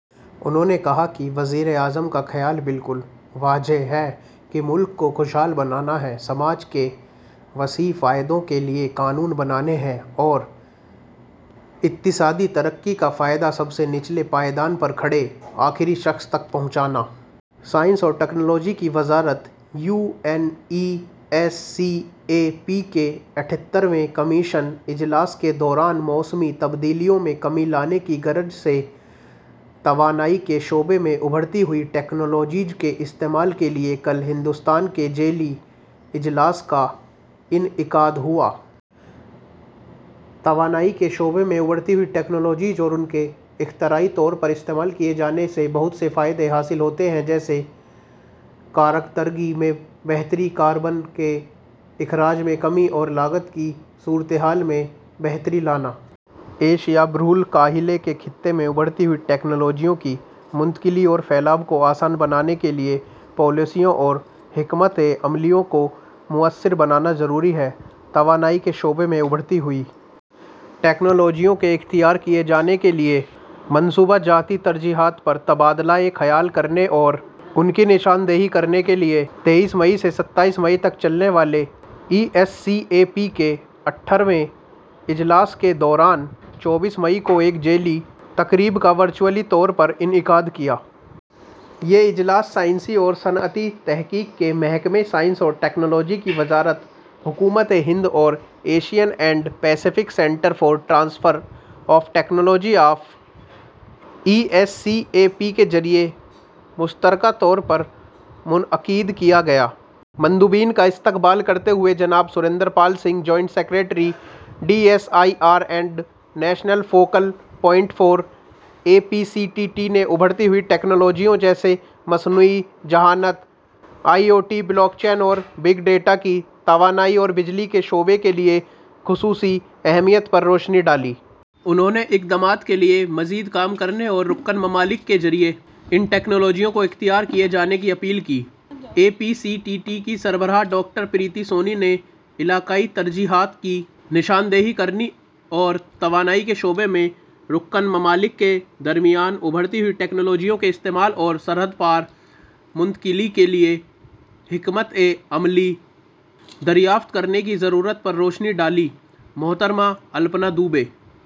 انھوں نے کہا کہ وزیراعظم کا خیال بالکل واضح ہے کہ ملک کو خوشحال بنانا ہے، سماج کے وسیع فائدوں کے لئے قانون بنانے ہیں اور اقتصادی ترقی کا فائدہ سب سے نچلے پائیدان پر کھڑے آخری شخص تک پہنچانا۔ سائنس اور ٹیکنالوجی کی وزارت U N E S C A P کے اٹھہتر ویں کمیشن اجلاس کے دوران موسمی تبدیلیوں میں کمی لانے کی غرض سے توانائی کے شعبے میں ابھرتی ہوئی ٹکنالوجیوں کے استعمال کے لئے کل ہندوستان کے ذیلی اجلاس کا انعقاد ہوا۔ توانائی کے شعبے میں ابھرتی ہوئی ٹکنالوجیاں اور ان کے اختراعی طور پر استعمال کئے جانے سے بہت سے فائدے حاصل ہوتے ہیں، جیسے کارکردگی میں بہتری، کاربن کے اخراج میں کمی اور لاگت کی صورتحال میں بہتری لانا۔ ایشیا – بحرالکاہل کے خطے میں ابھرتی ہوئی ٹکنالوجیوں کی منتقلی اور پھیلاؤ کو آسان بنانے کے لئے پالیسیوں اور حکمت عملیوں کو فعال کرنا ضروری ہے۔ توانائی کے شعبے میں ابھرتی ہوئی ٹکنالوجیوں کے اختیار کئے جانے کے لئے منصوبہ جاتی ترجیحات پر تبادلہ خیال کرنے اور ان کی نشاندہی کرنے کے لئے، تئیس مئی سے ستائیس مئی تک چلنے والے ای ایس سی اے پی کے اٹھہتر ویں اجلاس کے دوران چوبیس مئی کو ایک ذیلی تقریب کا ورچوئل طور پر انعقاد کیا گیا۔ یہ اجلاس سائنسی اور صنعتی تحقیق کے محکمے، سائنس اور ٹکنالوجی کی وزارت، حکومت ہند اور Asian and Pacific centre for transfer of technology of E S C A P کے ذریعہ مشترکہ طور پر منعقد کیا گیا۔ مندوبین کا استقبال کرتے ہوئے جناب Surinder Pal Singh, joint secretary D S I R and national focal point for A P C T T نے ابھرتی ہوئی ٹکنالوجیوں جیسے مصنوعی ذہانت، I O T, block chain اور بگ ڈاٹا کی توانائی اور بجلی کے شعبے کے لئے خصوصی اہمیت پر روشنی ڈالی۔ انہوں نے اقدامات کے لئے مزید کام کرنے اور رکن ممالک کے ذریعہ ان ٹکنالوجیوں کو اختیار کئے جانے کی اپیل کی۔ A P C T T کی سربراہ، ڈاکٹر پریتی سونی نے علاقائی ترجیحات کی نشاندہی کرنے اور توانائی کے شعبے میں رکن ممالک کے درمیان ابھرتی ہوئی ٹکنالوجیوں کے استعمال اور سرحد پار منتقلی کے لئے حکمت عملی دریافت کرنے کی ضرورت پر روشنی ڈالی۔ محترمہ الپنا دوبے